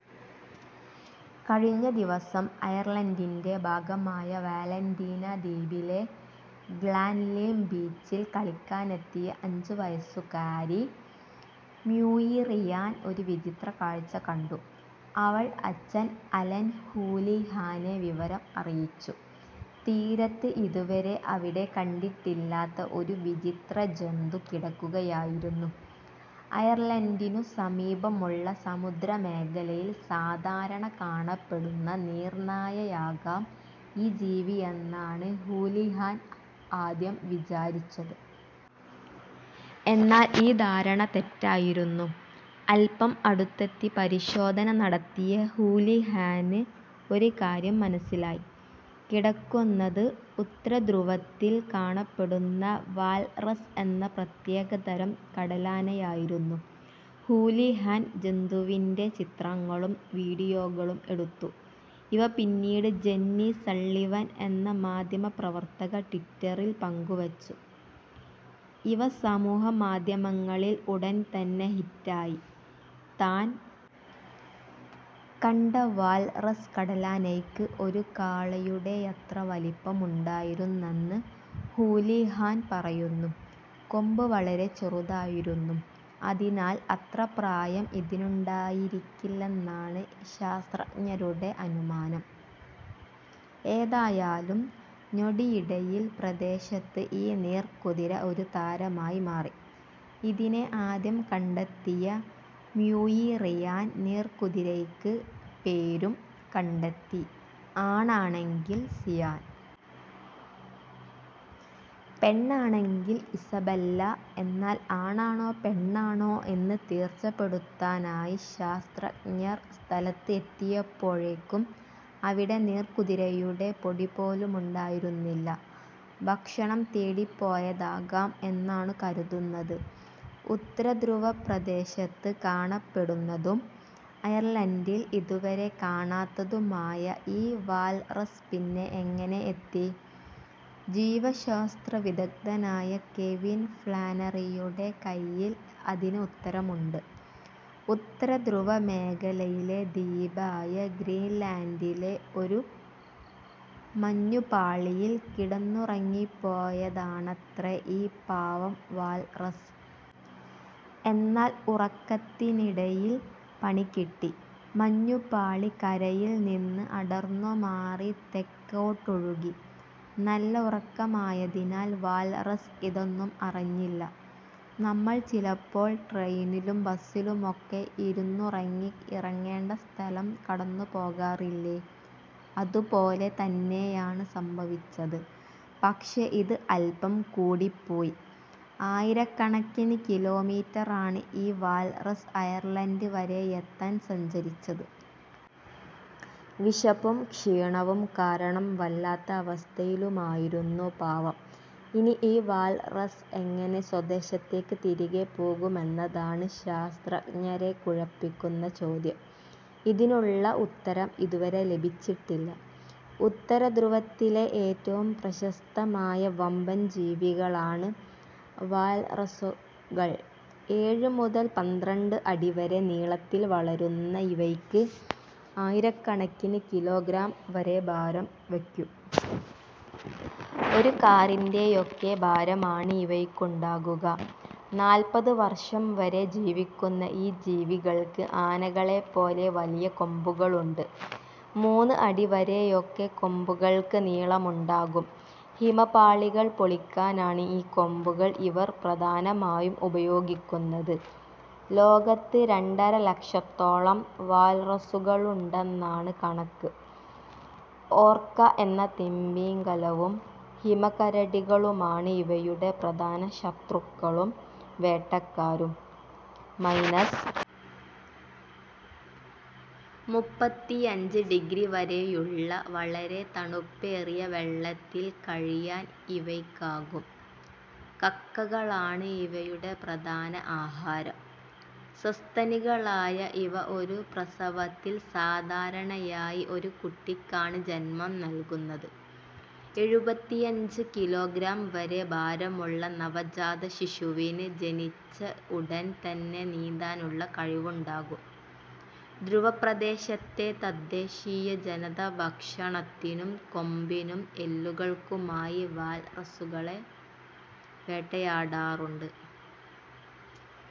കഴിഞ്ഞ ദിവസം അയർലൻഡിന്റെ ഭാഗമായ വാലന്റീന ദ്വീപിലെ ഗ്ലാൻലിം ബീച്ചിൽ കളിക്കാനെത്തിയ അഞ്ച് വയസ്സുകാരി മ്യൂയിറിയാൻ ഒരു വിചിത്ര കാഴ്ച കണ്ടു. അവൾ അച്ഛൻ അലൻ ഹൂലിഹാനെ വിവരം അറിയിച്ചു. തീരത്ത് ഇതുവരെ അവിടെ കണ്ടിട്ടില്ലാത്ത ഒരു വിചിത്രജന്തു കിടക്കുകയായിരുന്നു. അയർലൻഡിനു സമീപമുള്ള സമുദ്രമേഖലയിൽ സാധാരണ കാണപ്പെടുന്ന നീർനായയാകാം ഈ ജീവിയെന്നാണ് ഹൂലിഹാൻ ആദ്യം വിചാരിച്ചത്. എന്നാൽ ഈ ധാരണ തെറ്റായിരുന്നു. അൽപം അടുത്തെത്തി പരിശോധന നടത്തിയ ഹൂലിഹാന് ഒരു കാര്യം മനസ്സിലായി. കിടക്കുന്നത് ഉത്തരധ്രുവത്തിൽ കാണപ്പെടുന്ന വാൽറസ് എന്ന പ്രത്യേകതരം കടലാനയായിരുന്നു. ഹൂലിഹാൻ ജന്തുവിന്റെ ചിത്രങ്ങളും വിഡിയോകളും എടുത്തു. ഇവ പിന്നീട് ജെന്നി സള്ളിവൻ എന്ന മാധ്യമപ്രവർത്തക ട്വിറ്ററിൽ പങ്കുവച്ചു. ഇവ സമൂഹമാധ്യമങ്ങളിൽ ഉടൻ തന്നെ ഹിറ്റായി. താൻ കണ്ട വാൽറസ് കടലാനയ്ക്ക് ഒരു കാളയുടെയത്ര വലുപ്പമുണ്ടായിരുന്നെന്ന് ഹൂലിഹാൻ പറയുന്നു. കൊമ്പ് വളരെ ചെറുതായിരുന്നു. അതിനാൽ അത്ര പ്രായം ഇതിനുണ്ടായിരിക്കില്ലെന്നാണ് ശാസ്ത്രജ്ഞരുടെ അനുമാനം. ഏതായാലും ഞൊടിയിടയിൽ പ്രദേശത്ത് ഈ നീർക്കുതിര ഒരു താരമായി മാറി. ഇതിനെ ആദ്യം കണ്ടെത്തിയ മ്യൂയിറിയാൻ നീർക്കുതിരയ്ക്ക് പേരും കണ്ടെത്തി. ആണാണെങ്കിൽ സിയാൻ. പെണ്ണാണെങ്കിൽ ഇസബെല്ല. എന്നാൽ ആണാണോ പെണ്ണാണോ എന്ന് തീർച്ചപ്പെടുത്താനായി ശാസ്ത്രജ്ഞർ സ്ഥലത്ത് എത്തിയപ്പോഴേക്കും അവിടെ നീർക്കുതിരയുടെ പൊടിപോലുമുണ്ടായിരുന്നില്ല. ഭക്ഷണം തേടിപ്പോയതാകാം എന്നാണു കരുതുന്നത്. ഉത്തരധ്രുവപ്രദേശത്ത് കാണപ്പെടുന്നതും അയർലൻഡിൽ ഇതുവരെ കാണാത്തതുമായ ഈ വാൽറസ് പിന്നെ എങ്ങനെ എത്തി. ജീവശാസ്ത്ര വിദഗ്ധനായ കെവിൻ ഫ്ലാനറിയുടെ കൈയിൽ അതിന് ഉത്തരമുണ്ട്. ഉത്തരധ്രുവ മേഖലയിലെ ദ്വീപായ ഗ്രീൻലൻഡിലെ ഒരു മഞ്ഞുപാളിയിൽ കിടന്നുറങ്ങിപ്പോയതാണത്രേ ഈ പാവം വാൽറസ്. എന്നാൽ ഉറക്കത്തിനിടയിൽ പണികിട്ടി. മഞ്ഞുപാളി കരയിൽ നിന്ന് അടർന്നുമാറി തെക്കോട്ടൊഴുകി. നല്ല ഉറക്കമായതിനാൽ വാൽറസ് ഇതൊന്നും അറിഞ്ഞില്ല. നമ്മൾ ചിലപ്പോൾ ട്രെയിനിലും ബസിലുമൊക്കെ ഇരുന്നുറങ്ങി ഇറങ്ങേണ്ട സ്ഥലം കടന്നുപോകാറില്ലേ. അതുപോലെ തന്നെയാണ് സംഭവിച്ചത്. പക്ഷേ ഇത് അൽപം കൂടിപ്പോയി. ആയിരക്കണക്കിന് കിലോമീറ്ററാണ് ഈ വാൽറസ് അയർലൻഡ് വരെയെത്താൻ സഞ്ചരിച്ചത്. വിശപ്പും ക്ഷീണവും കാരണം വല്ലാത്ത അവസ്ഥയിലുമായിരുന്നു പാവം.ഇനി ഈ വാൽറസ് എങ്ങനെ സ്വദേശത്തേക്ക് തിരികെപ്പോകുമെന്നതാണ് ശാസ്ത്രജ്ഞരെ കുഴപ്പിക്കുന്ന ചോദ്യം. ഇതിനുള്ള ഉത്തരം ഇതുവരെ ലഭിച്ചിട്ടില്ല. ഉത്തരധ്രുവത്തിലെ ഏറ്റവും പ്രശസ്തമായ വമ്പൻ ജീവികളാണ് വാൽറസുകൾ. ഏഴ് മുതൽ പന്ത്രണ്ട് അടി വരെ നീളത്തിൽ വളരുന്ന ഇവയ്ക്ക് ആയിരക്കണക്കിന് കിലോഗ്രാം വരെ ഭാരം വയ്ക്കും. ഒരു കാറിന്റെയൊക്കെ ഭാരമാണ് ഇവയ്ക്കുണ്ടാകുക. നാൽപ്പത് വർഷം വരെ ജീവിക്കുന്ന ഈ ജീവികൾക്ക് ആനകളെപ്പോലെ വലിയ കൊമ്പുകളുണ്ട്. മൂന്ന് അടി വരെയൊക്കെ കൊമ്പുകൾക്ക് നീളമുണ്ടാകും. ഹിമപാളികൾ പൊളിക്കാനാണ് ഈ കൊമ്പുകൾ ഇവർ പ്രധാനമായും ഉപയോഗിക്കുന്നത്. ലോകത്ത് രണ്ടര ലക്ഷത്തോളം വാൽറസുകളുണ്ടെന്നാണ് കണക്ക്. ഓർക്ക എന്ന തിമിംഗലവും ഹിമക്കരടികളുമാണ് ഇവയുടെ പ്രധാന ശത്രുക്കളും വേട്ടക്കാരും. മൈനസ് മുപ്പത്തിയഞ്ച് ഡിഗ്രി വരെയുള്ള വളരെ തണുപ്പേറിയ വെള്ളത്തിൽ കഴിയാൻ ഇവയ്ക്കാകും. കക്കകളാണ് ഇവയുടെ പ്രധാന ആഹാരം. സസ്തനികളായ ഇവ ഒരു പ്രസവത്തിൽ സാധാരണയായി ഒരു കുട്ടിക്കാണ് ജന്മം നൽകുന്നത്. എഴുപത്തിയഞ്ച് കിലോഗ്രാം വരെ ഭാരമുള്ള നവജാതശിശുവിന് ജനിച്ച് ഉടൻ തന്നെ നീന്താനുള്ള കഴിവുണ്ടാകും. ധ്രുവപ്രദേശത്തെ തദ്ദേശീയ ജനത ഭക്ഷണത്തിനും കൊമ്പിനും എല്ലുകൾക്കുമായി വാൽറസുകളെ വേട്ടയാടാറുണ്ട്.